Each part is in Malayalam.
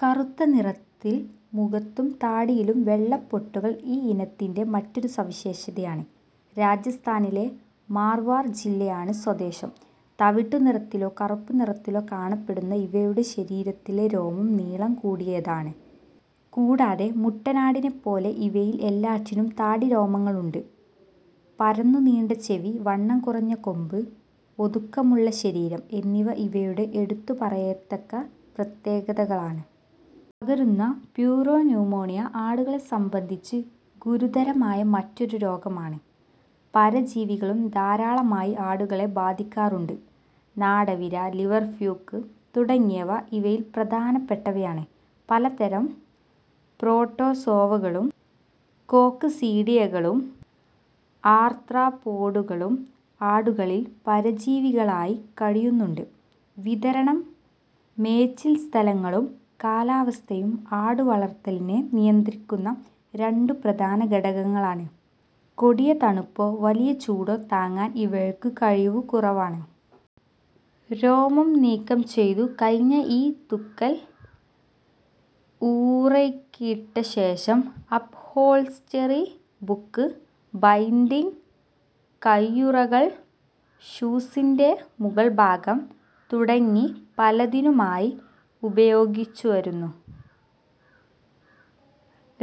കറുത്ത നിറത്തിൽ മുഖത്തും താടിയിലും വെള്ളപ്പൊട്ടുകൾ ഈ ഇനത്തിന്റെ മറ്റൊരു സവിശേഷതയാണ്. രാജസ്ഥാനിലെ "മാർവാർ" ജില്ലയാണ് സ്വദേശം. തവിട്ടു നിറത്തിലോ കറുപ്പ് നിറത്തിലോ കാണപ്പെടുന്ന ഇവയുടെ ശരീരത്തിലെ രോമം നീളം കൂടിയതാണ്. കൂടാതെ മുട്ടനാടിനെപ്പോലെ ഇവയിൽ എല്ലാറ്റിനും താടിരോമങ്ങൾ ഉണ്ട്. പരന്നു നീണ്ട ചെവി, വണ്ണം കുറഞ്ഞ കൊമ്പ്, ഒതുക്കമുള്ള ശരീരം എന്നിവ ഇവയുടെ എടുത്തുപറയത്തക്ക പ്രത്യേകതകളാണ്. പകരുന്ന പ്യൂറോന്യുമോണിയ ആടുകളെ സംബന്ധിച്ച് ഗുരുതരമായ മറ്റൊരു രോഗമാണ്. പരജീവികളും ധാരാളമായി ആടുകളെ ബാധിക്കാറുണ്ട്. നാടവിര, ലിവർഫ്ലൂക്ക് തുടങ്ങിയവ ഇവയിൽ പ്രധാനപ്പെട്ടവയാണ്. പലതരം പ്രോട്ടോസോവകളും കോക്സീഡിയകളും ആർത്രോപ്പോഡുകളും ആടുകളിൽ പരജീവികളായി കഴിയുന്നുണ്ട്. വിതരണം. മേച്ചിൽസ്ഥലങ്ങളും കാലാവസ്ഥയും ആടുവളർത്തലിനെ നിയന്ത്രിക്കുന്ന രണ്ടു പ്രധാന ഘടകങ്ങളാണ്. കൊടിയ തണുപ്പോ വലിയ ചൂടോ താങ്ങാൻ ഇവയ്ക്കു കഴിവു കുറവാണ്. രോമം നീക്കംചെയ്തു കഴിഞ്ഞ ഈ തുകൽ ഊറയ്ക്കിട്ടശേഷം അപ്ഹോൾസ്റ്ററി, ബുക്ക് ബൈൻഡിംഗ്, കൈയുറകൾ, ഷൂസിന്റെ മുകൾഭാഗം തുടങ്ങി പലതിനുമായി ഉപയോഗിച്ചുവരുന്നു.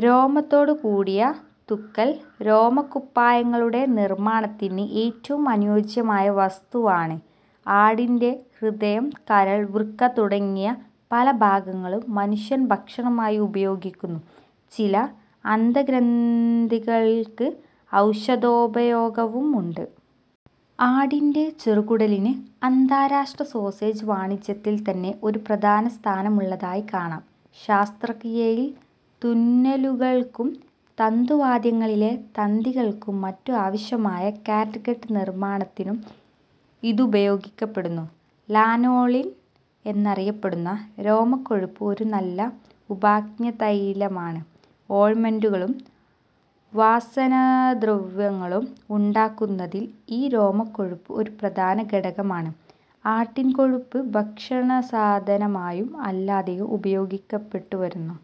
രോമത്തോടുകൂടിയ തുകൽ രോമക്കുപ്പായങ്ങളുടെ നിർമ്മാണത്തിന് ഏറ്റവും അനുയോജ്യമായ വസ്തുവാണ്. ആടിന്റെ ഹൃദയം, കരൾ, വൃക്ക തുടങ്ങി പല ഭാഗങ്ങളും മനുഷ്യൻ ഭക്ഷണമായി ഉപയോഗിക്കുന്നു. ചില അന്തഃഗ്രന്ഥികൾക്ക് ഔഷധോപയോഗവുമുണ്ട്. ആടിന്റെ ചെറുകുടലിന് അന്താരാഷ്ട്ര 'സോസേജ്' വാണിജ്യത്തിൽത്തന്നെ ഒരു പ്രധാനസ്ഥാനമുളളതായി കാണാം. ശസ്ത്രക്രിയയിൽ തുന്നലുകൾക്കും, തന്തുവാദ്യങ്ങളിലെ തന്തികൾക്കും മറ്റും ആവശ്യമായ 'ക്യാറ്റ്ഗട്ട്' നിർമ്മാണത്തിനും ഇതുപയോഗിക്കപ്പെടുന്നു. 'ലനോളിൻ' എന്നറിയപ്പെടുന്ന രോമക്കൊഴുപ്പ് ഒരു നല്ല ഉപാഞ്ജനതൈല മാണ്. ഓയിന്റ്മെന്റുകളും വാസനദ്രവ്യങ്ങളും ഉണ്ടാക്കുന്നതിൽ ഈ രോമക്കൊഴുപ്പ് ഒരു പ്രധാന ഘടകമാണ്. ആട്ടിൻകൊഴുപ്പ് ഭക്ഷ്യസാധനമായും അല്ലാതെയും ഉപയോഗിക്കപ്പെട്ടുവരുന്നു.